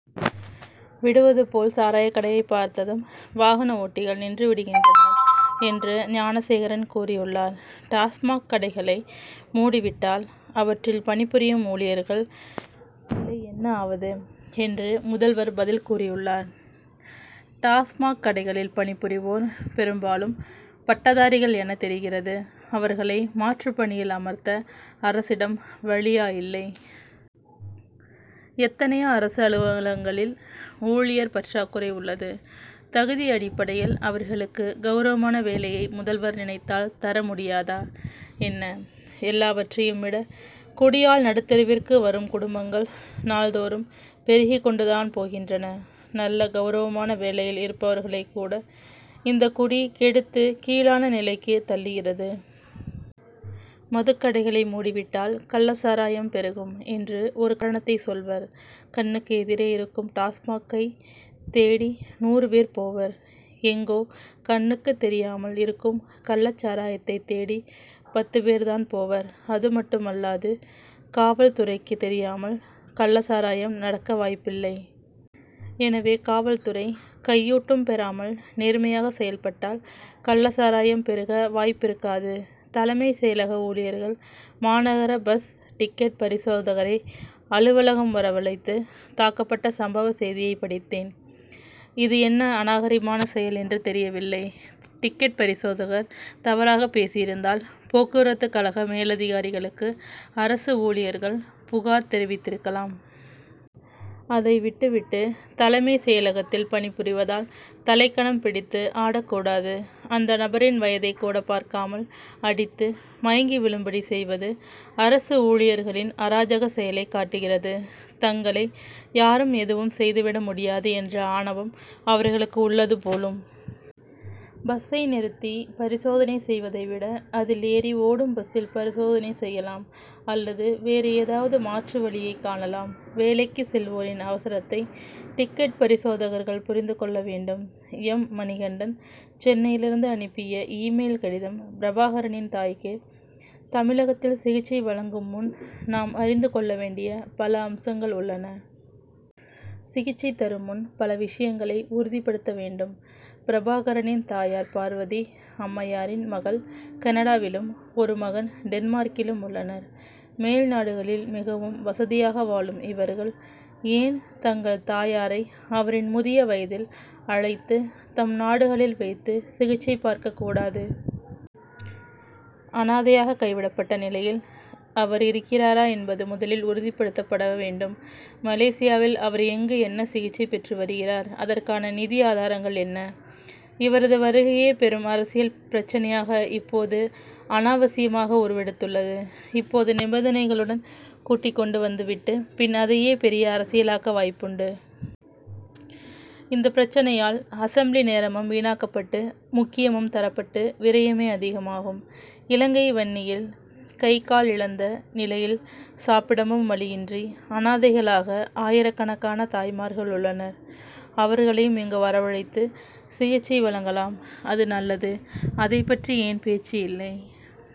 விடுவது போல் சாராயக் கடையைப் பார்த்ததும் வாகன ஓட்டிகள் நின்று விடுகின்றனர் என்று ஞானசேகரன் கூறியுள்ளார். டாஸ்மாக் கடைகளை மூடிவிட்டால் அவற்றில் பணிபுரியும் ஊழியர்கள் நிலை என்னாவது என்று முதல்வர் பதில் கூறியுள்ளார். டாஸ்மாக் கடைகளில் பணிபுரிவோர் பெரும்பாலும் பட்டதாரிகள் என தெரிகிறது. அவர்களை மாற்று பணியில் அமர்த்த அரசிடம் வழியா இல்லை. எத்தனையோ அரசு அலுவலகங்களில் ஊழியர் பற்றாக்குறை உள்ளது. தகுதி அடிப்படையில் அவர்களுக்கு கவுரவமான வேலையை முதல்வர் நினைத்தால் தர முடியாதா என்ன. எல்லாவற்றையும் விட குடியால் நடுத்தெருவிற்கு வரும் குடும்பங்கள் நாள்தோறும் பெருகிக் கொண்டுதான் போகின்றன. நல்ல கவுரவமான வேலையில் இருப்பவர்களைக் கூட இந்த குடி கெடுத்து கீழான நிலைக்கு தள்ளுகிறது. மதுக்கடைகளை மூடிவிட்டால் கள்ளச் சாராயம் பெருகும் என்று ஒரு காரணத்தைச் சொல்வர். கண்ணுக்கு எதிரே இருக்கும் டாஸ்மாக் கைத் தேடி நூறு பேர் போவர். எங்கோ கண்ணுக்குத் தெரியாமல் இருக்கும் கள்ளச் சாராயத்தைத் தேடி பத்து பேர் தான் போவர். அதுமட்டுமல்லாது காவல் துறைக்குத் தெரியாமல் கள்ளச் சாராயம் நடக்க வாய்ப்பில்லை. எனவே காவல்துறை கையூட்டும் பெறாமல் நேர்மையாக செயல்பட்டால் கள்ளச் சாராயம் பெருக வாய்ப்பிருக்காது. தலைமைச் செயலக ஊழியர்கள் மாநகரப் பஸ் டிக்கெட் பரிசோதகரை அலுவலகம் வரவழைத்து தாக்கப்பட்ட சம்பவ செய்தியை படித்தேன். இது என்ன அநாகரிகமான செயல் என்று தெரியவில்லை. டிக்கெட் பரிசோதகர் தவறாகப் பேசியிருந்தால் போக்குவரத்துக் கழக மேலதிகாரிகளுக்கு அரசு ஊழியர்கள் புகார் தெரிவித்திருக்கலாம். அதை விட்டு விட்டு தலைமைச் செயலகத்தில் பணிபுரிவதால் தலைக்கனம் பிடித்து ஆடக் கூடாது. அந்த நபரின் வயதைக் கூடப் பார்க்காமல் அடித்து மயங்கி விழும்படி செய்வது அரசு ஊழியர்களின் அராஜகச் செயலைக் காட்டுகிறது. தங்களை யாரும் எதுவும் செய்து விட முடியாது என்ற ஆணவம் அவர்களுக்கு உள்ளது போலும். பஸ்சை நிறுத்தி பரிசோதனை செய்வதை விட அதில் ஏறி ஓடும் பஸ்சில் பரிசோதனை செய்யலாம் அல்லது வேறு ஏதாவது மாற்று வழியைக் காணலாம். வேலைக்கு செல்வோரின் அவசரத்தை டிக்கெட் பரிசோதகர்கள் புரிந்து கொள்ள வேண்டும். எம். மணிகண்டன் சென்னையிலிருந்து அனுப்பிய இ-மெயில் கடிதம் பிரபாகரனின் தாய்க்கு தமிழகத்தில் சிகிச்சை வழங்கும் முன் நாம் அறிந்து கொள்ள வேண்டிய பல அம்சங்கள் உள்ளன. சிகிச்சை தருமுன் பல விஷயங்களை உறுதிப்படுத்த வேண்டும். பிரபாகரனின் தாயார் பார்வதி அம்மையாரின் மகள் கனடாவிலும் ஒரு மகன் டென்மார்க்கிலும் உள்ளனர். மேல்நாடுகளில் மிகவும் வசதியாக வாழும் இவர்கள் ஏன் தங்கள் தாயாரை அவரின் முதிய வயதில் அழைத்து தம் நாடுகளில் வைத்து சிகிச்சை பார்க்கக் கூடாது. அனாதையாக கைவிடப்பட்ட நிலையில் அவர் இருக்கிறாரா என்பது முதலில் உறுதிப்படுத்தப்பட வேண்டும். மலேசியாவில் அவர் எங்கு என்ன சிகிச்சை பெற்று வருகிறார். அதற்கான நிதி ஆதாரங்கள் என்ன. இவரது வருகையே பெரும் அரசியல் பிரச்னையாக இப்போது அனாவசியமாக உருவெடுத்துள்ளது. இப்போது நிபந்தனைகளுடன் கூட்டிக்கொண்டு வந்துவிட்டு பின் அதையே பெரிய அரசியலாக்க வாய்ப்பு உண்டு. இந்தப் பிரச்னையால் அசெம்பிளி நேரமும் வீணாக்கப்பட்டு முக்கியமும் தரப்பட்டு விரயமே அதிகமாகும். இலங்கை வன்னியில் கை கால் இழந்த நிலையில் சாப்பிடவும் வழியின்றி அனாதைகளாக ஆயிரக்கணக்கான தாய்மார்கள் உள்ளனர். அவர்களையும் இங்கு வரவழைத்து சிகிச்சை வழங்கலாம் அது நல்லது. அதைப் பற்றி ஏன் பேச்சு இல்லை.